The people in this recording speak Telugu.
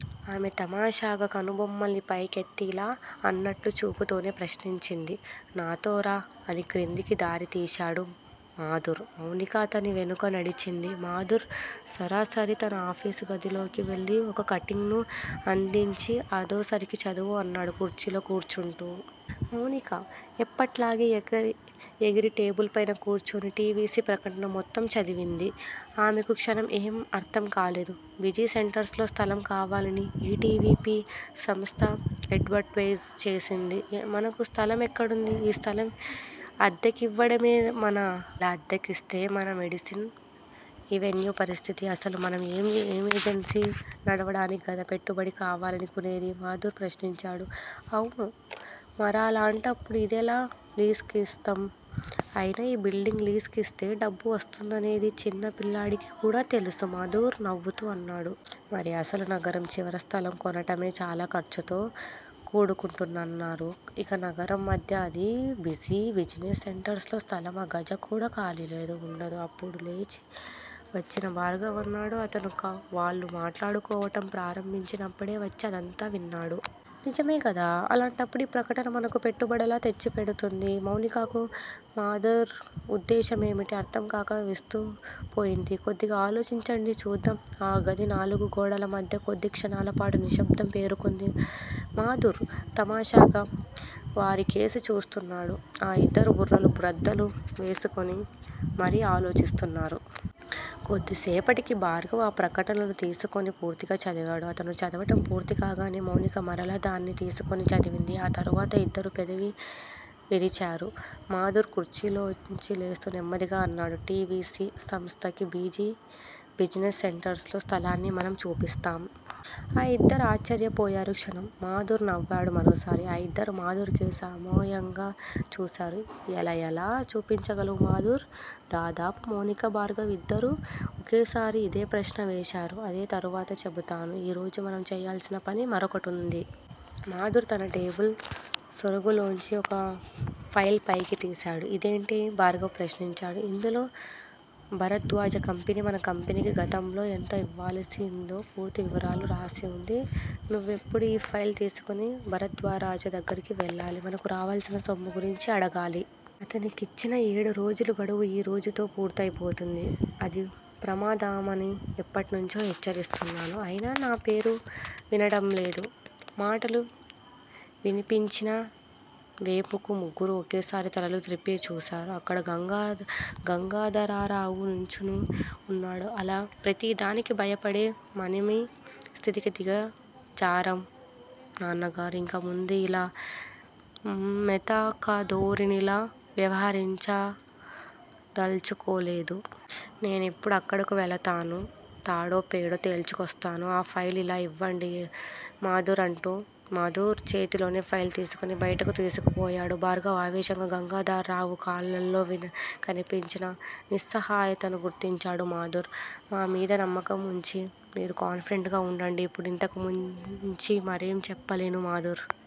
ఆమె తమాషాగా కనుబొమ్మల్ని పైకి ఎత్తి ఎలా? అన్నట్లు చూపుతోనే ప్రశ్నించింది. నాతో రా అని క్రిందకు దారితీశాడు మాధుర్. మౌనిక అతని వెనుకే నడిచింది. మాధుర్ సరాసరి తన ఆఫీసు గదిలోకి వెళ్ళి ఒక కటింగ్ ను అందించి అదోసారి చదువు అన్నాడు కుర్చీలో కూర్చుంటూ. మౌనిక ఎప్పటిలాగే ఎగిరి టేబుల్ పై కూర్చుని టి. వి. సి. ప్రకటన మొత్తం చదివింది. ఆమెకో క్షణం ఏం అర్ధంకాలేదు. బిజీ సెంటర్స్ లో స్థలం కావాలని ఈ టి. వి. పి. సంస్థ ఎడ్వర్ టైజ్ చేసింది. మనకు స్థలమెక్కడిది? ఈ స్థలం అద్దెకిద్డామనా? అలా అద్దెకిస్తే మన మేడిసన్ ఎవెన్యూ పరిస్థితి? అసలు మనం ఈ ఏజెన్సీని నడపటానికే గదా పెట్టుబడి కావాలను కునేది? మాధుర్ ప్రశ్నించాడు. అవును. మరలాంటప్పుడు ఇదెలా లీజ్ కిస్తాం? అయినా ఈ బిల్డింగ్ లీజ్ కిస్తే డబ్బు వస్తుందనేది చిన్నపిల్లాడికి కూడా తెలుసు మాధుర్ నవ్వుతూ అన్నాడు. మరి అసలు నగరం చివర స్థలం కొనటమే చాలా ఖర్చుతో కూడుకున్నదంటారు. ఇక నగరం మధ్య, అదీ బిజీ బిజినెస్ సెంటర్స్ లో స్థలమా? గజం కూడా ఖాళీలేదు. వుండదు అప్పుడే లేచి వచ్చిన భార్గవ అన్నాడు. అతను వాళ్ళు మాట్లాడుకోవటం ప్రారంభించినప్పుడే వచ్చి అదంతా విన్నాడు. నిజమేకదా? అలాంటప్పుడు ఈ ప్రకటన మనకు పెట్టుబడెలా తెచ్చిపెడుతుంది? మౌనికకు మాధుర్ ఉద్దేశమేమిటో అర్ధంకాక విస్తుపోయింది. కొద్దిగా ఆలోచించండి చూద్దాం ఆ గది నాలుగు గోడలమధ్య కొద్దిక్షణాల పాటు నిశ్శబ్దం పేరుకుంది. మాధుర్ తమాషాగా వారికేసి చూస్తున్నాడు. ఆ ఇద్దరూ బుర్రలు బ్రద్దలు చేసుకొని మరీ ఆలోచిస్తున్నారు. కొద్దిసేపటికి భార్గవ ఆ ప్రకటనను తీసుకుని పూర్తిగా చదివాడు. అతను చదవటం పూర్తికాగానే మౌనిక మరలా దాన్ని తీసుకుని చదివింది. ఆ తరువాత ఇద్దరూ పెదవి విరిచారు. మాధుర్ కుర్చీలోంచి లేస్తూ నెమ్మదిగా అన్నాడు. టి. వి. పి. సంస్థకి బిజీ బిజినెస్ సెంటర్స్ లో స్థలాన్ని మనం చూపిస్తాం. ఆ ఇద్దరూ ఆశ్చర్యపోయారు క్షణం. మాధుర్ నవ్వాడు మరోసారి. ఆ ఇద్దరూ మాధుర్ కేసి అయోమయంగా చూశారు. ఎలా? ఎలా చూపించగలవు మాధుర్? దాదాపు మౌనిక, భార్గవ ఇద్దరూ ఒకేసారి ఇదే ప్రశ్న వేశారు. అది తరువాత చెబుతాను. ఈరోజు మనం చేయవల్సిన పని మరొకటి వుంది. మాధుర్ తన టేబుల్ సొరుగులోంచి ఒక ఫైల్ పైకి తీశాడు. ఇదేమిటి? భార్గవ ప్రశ్నించాడు. ఇందులో భరద్వాజ కంపెనీ మన కంపెనీకి గతంలో ఎంత ఇవ్వవలసింది పూర్తి వివరాలతో రాసి వుంది. నువ్విప్పుడు ఈ ఫైల్ తీసుకొని భరద్వాజ దగ్గరికి వెళ్ళాలి. మనకు రావలసిన సొమ్ము గురించి అడగాలి. అతనికిచ్చిన ఏడురోజుల గడువు ఈరోజుతో పూర్తయిపోతుంది. అది ప్రమాదమని ఎప్పటినుంచో హెచ్చరిస్తున్నాను. అయినా మీరు వినటంలేదు. మాటలు వినిపిమ్చిన వేపుకు ముగ్గురూ ఒకేసారి తలలు త్రిప్పి చూశారు. అక్కడ గంగాధరరావు నుంచుని వున్నాడు. అలా ప్రతిదానికీ భయపడే మనమీ స్థితికి దిగజారాం నాన్నగారూ ఇకముందు యిలా మెతకధోరణిలో వ్యవహరిందల్చుకోలేదు. నేనిప్పుడే అక్కడకు వెళతాను. తాడో పేడో తేల్చుకువస్తాను. ఆ ఫైల్ ఇలా యివ్వండి మాధుర్ అంటూ మాధుర్ చేతిలోని ఫైల్ తీసుకొని బయటికి దూసుకుపోయాడు భార్గవ ఆవేశంగా. గంగాధరరావు కళ్ళలో కనిపించిన నిస్సహాయతను గుర్తించాడు మాధుర్. మా మీద నమ్మకం వుంచి మీరు కాన్ఫిడెంట్ గా వుండండి. ఇప్పుడు ఇంతకుమించి మరేం చెప్పలేను మాధుర్